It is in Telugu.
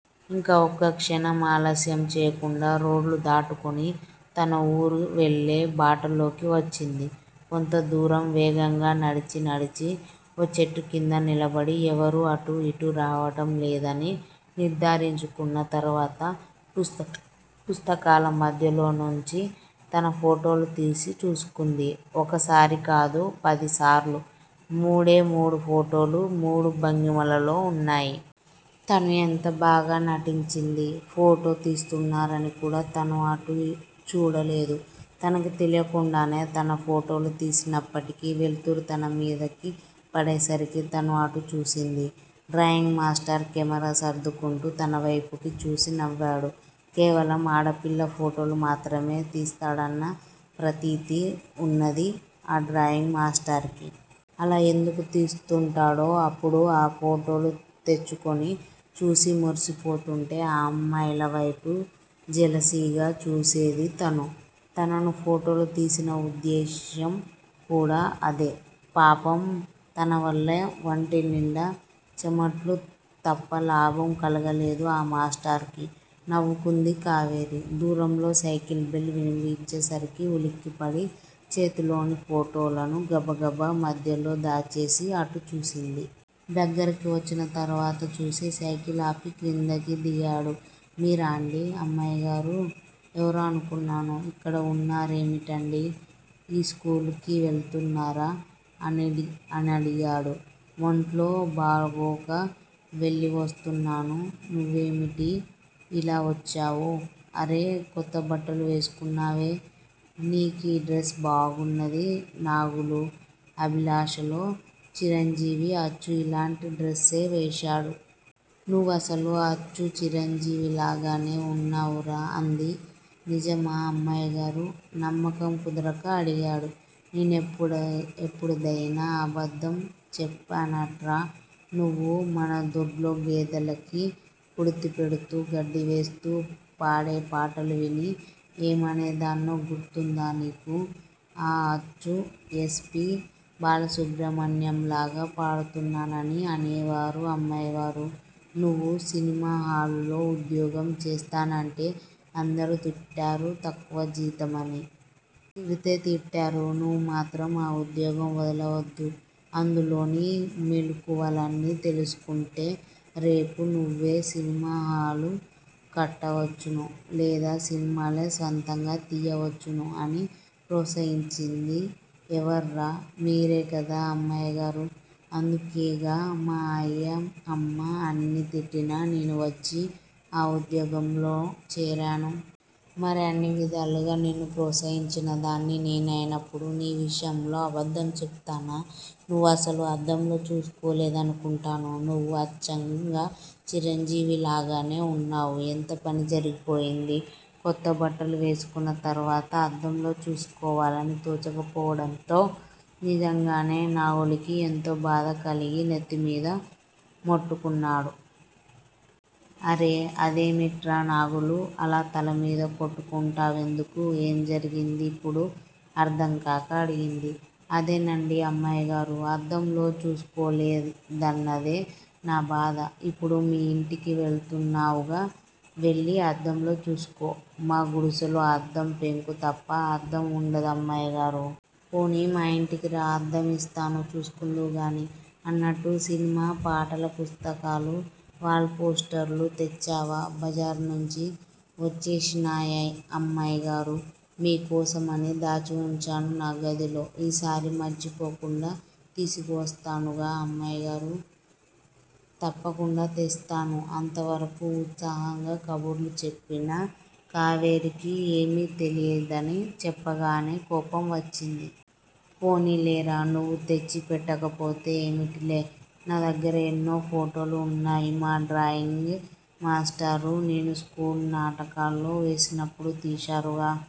ఇంకా ఒక్క క్షణం ఆలస్యం చేయకుండా రోడ్లు దాటుకుని తన ఊరువెళ్ళే బాటలోకి వచ్చింది. కొంతదూరం వేగంగా నడిచి నడిచి ఓ చెట్టుక్రింద నిలబడి ఎవరూ అటుఇటు రావటంలేదని నిర్ధారించుకున్న తరువాత పుస్తకాల మధ్యలోనుంచి తన ఫోటోలుతీసి చూసుకుంది. ఒకసారికాదు పదిసార్లు! మూడే మూడు ఫోటోలు మూడు భంగిమలలో వున్నాయి. తను ఎంత బాగా నటించింది? ఫోటో తీస్తున్నారనికూడా తను అటూ చూడలేదు! తనకి తెలియకుండానే తన ఫోటోలు తీసినప్పటికీ వెలుతురు తనమీదకి పడేసరికి తను అటూ చూసింది. డ్రాయింగ్ మాష్టారు కెమెరా సర్దుకుంటూ తనవైపుకిచూసి నవ్వాడు. కేవలం ఆడపిల్ల ఫోటోలు మాత్రమే తీస్తాడన్న ప్రతీతి వున్నది ఆ డ్రాయింగ్ మాస్టారికి. అలా ఎందుకు తీస్తుంటాడో? అప్పుడు ఆ ఫోటోలు తెచ్చుకుని చూసి మురిసిపోతుంటే ఆ అమ్మాయిలవైపు జెలసీగా చూసేది తను! తనను ఫోటోలు తీసిన ఉద్దేశ్యంకూడా అదే! పాపం! తనవల్ల వంటినిండా చెమట్లు తప్పలాభం కలుగలేదు ఆ మాస్టారుకి! నవ్వుకుంది కావేరి. దూరంలో సైకిల్ బెల్ వినిపించేసరికి ఉలిక్కిపడి చేతిలోని ఫోటోలను గబగబా మధ్యలో దాచేసి అటూ చూసింది. దగ్గరకు వచ్చిన తరువాత చూసి సైకిల్ ఆపి క్రిందకి దిగాడు. మీరండీ అమ్మాయిగారూ! ఎవరో అనుకున్నాను. ఇక్కడ వున్నారేమిటండీ? యిస్కూలుకి వెళుతున్నారా! అనడిగాడు. వంట్లో బాగోక వెళ్ళివస్తున్నాను. నువ్వేమిటి ఇలా వచ్చావు? అరే! కొత్తబట్టలు వేసుకున్నావే. నీకీడ్రస్ బాగున్నది నాగులూ! అభిలాషలో చిరంజీవి అచ్చు ఇలాంటి డ్రస్సే వేశాడు. నువ్వసలు అచ్చు చిరంజీవిలాగానే వున్నావురా! అంది. నిజమా అమ్మాయిగారూ! నమ్మకం కుదరక అడిగాడు. నేనెప్పుదయినా అబద్దం చెప్పానట్రా? నువ్వు మన దొడ్లో గేదెలకి కుడితిపెడుతూ, గడ్డివేస్తూ పాడేపాటలువిని ఏమనేదాన్నో గుర్తుందా నీకు? ఆఁ అచ్చు యస్ పి. బాలసుబ్రహ్మణ్యంలాగా పాడుతున్నానని అనేవారు అమ్మాయిగారు? నువ్వు సినిమా హాలులో ఉద్యోగం చేస్తానంటే అందరూ తిట్టారు తక్కువ జీతం అని! తిడితే తిట్టారు. నువ్వు మాత్రం ఆ ఉద్యోగం వదలవద్దు! అందులోని మెళుకువలన్నీ తెలుసుకుంటే రేపు నువ్వు సినిమా హాలు కట్టవచ్చును. లేదా సినిమాలే స్వంతంగా తీయవచ్చును. అని ప్రోత్సహించింది ఎవర్రా? మీరే కదా అమ్మాయిగారూ! అందుకేగా మా అయ్యా అమ్మా ఎన్ని తిట్టినా నేను వచ్చి ఆ ఉద్యోగంలో చేరాను! మరి అన్ని విధాలుగా నిన్ను ప్రోత్సహించిన దాన్ని నేనయినప్పుడు నీ విషయంలో అబద్దం చెపుతానా? నువ్వసలు అద్దంలో చూసుకోలేదనుకుంటాను! నువ్వు అచ్చంగా చిరంజీవిలాగానే వున్నావు. ఎంతపని జరిగిపోయింది. కొత్త బట్టలు వేసుకున్న తరువాత అద్దంలో చూసుకోవాలని తోచక పోవటంతో నిజంగానే నాగులుకి ఎంతో బాధ కలిగి నెత్తి మీద మొట్టుకున్నాడు. అరే! అదేమిట్రా నాగులూ! అలా తలమీద కొట్టుకుంటావెందుకు? ఏం జరిగింది యిప్పుడు? అర్ధం కాక అడిగింది. అదేనండి అమ్మాయిగారూ! అద్దంలో చూసుకోలేదన్నదే నా బాధ! ఇప్పుడు మీ యింటికి వెళుతున్నావుగా? వెళ్ళి అద్దంలో చూసుకో. మా గుడిసెలో అద్దం పెంకు తప్ప అద్దం వుండదు అమ్మాయిగారూ. పోనీ మా యింటికి రా! అద్దంయిస్తాను. చూసుకుందువు గాని. అన్నట్టు సినిమా పాటల పుస్తకాలు, వాల్ పోస్టర్లు తెచ్చావా? బజారునుంచి వచ్చేశానమ్మాయిగారూ. మీ కోసమని దాచి వుంచాను నా గదిలో. ఈ సారి మరిచిపోకుండా తీసుకువస్తానుగా అమ్మాయిగారూ! తప్పకుండా తెస్తాను అంతవరకూ ఉత్సాహంగా కబుర్లు చెప్పిన కావేరికి ఏమీ తెలీదని చెప్పగానే కోపం వచ్చింది. పోనీలేరా? నువ్వు తెచ్చి పెట్టకపోతే ఏమిటిలే? నా దగ్గిర ఎన్నో ఫోటోలు వున్నాయి మా డ్రాయింగ్ మాష్టారు నేనుస్కూలు నాటకాల్లో వేసినప్పుడు తీశారుగా?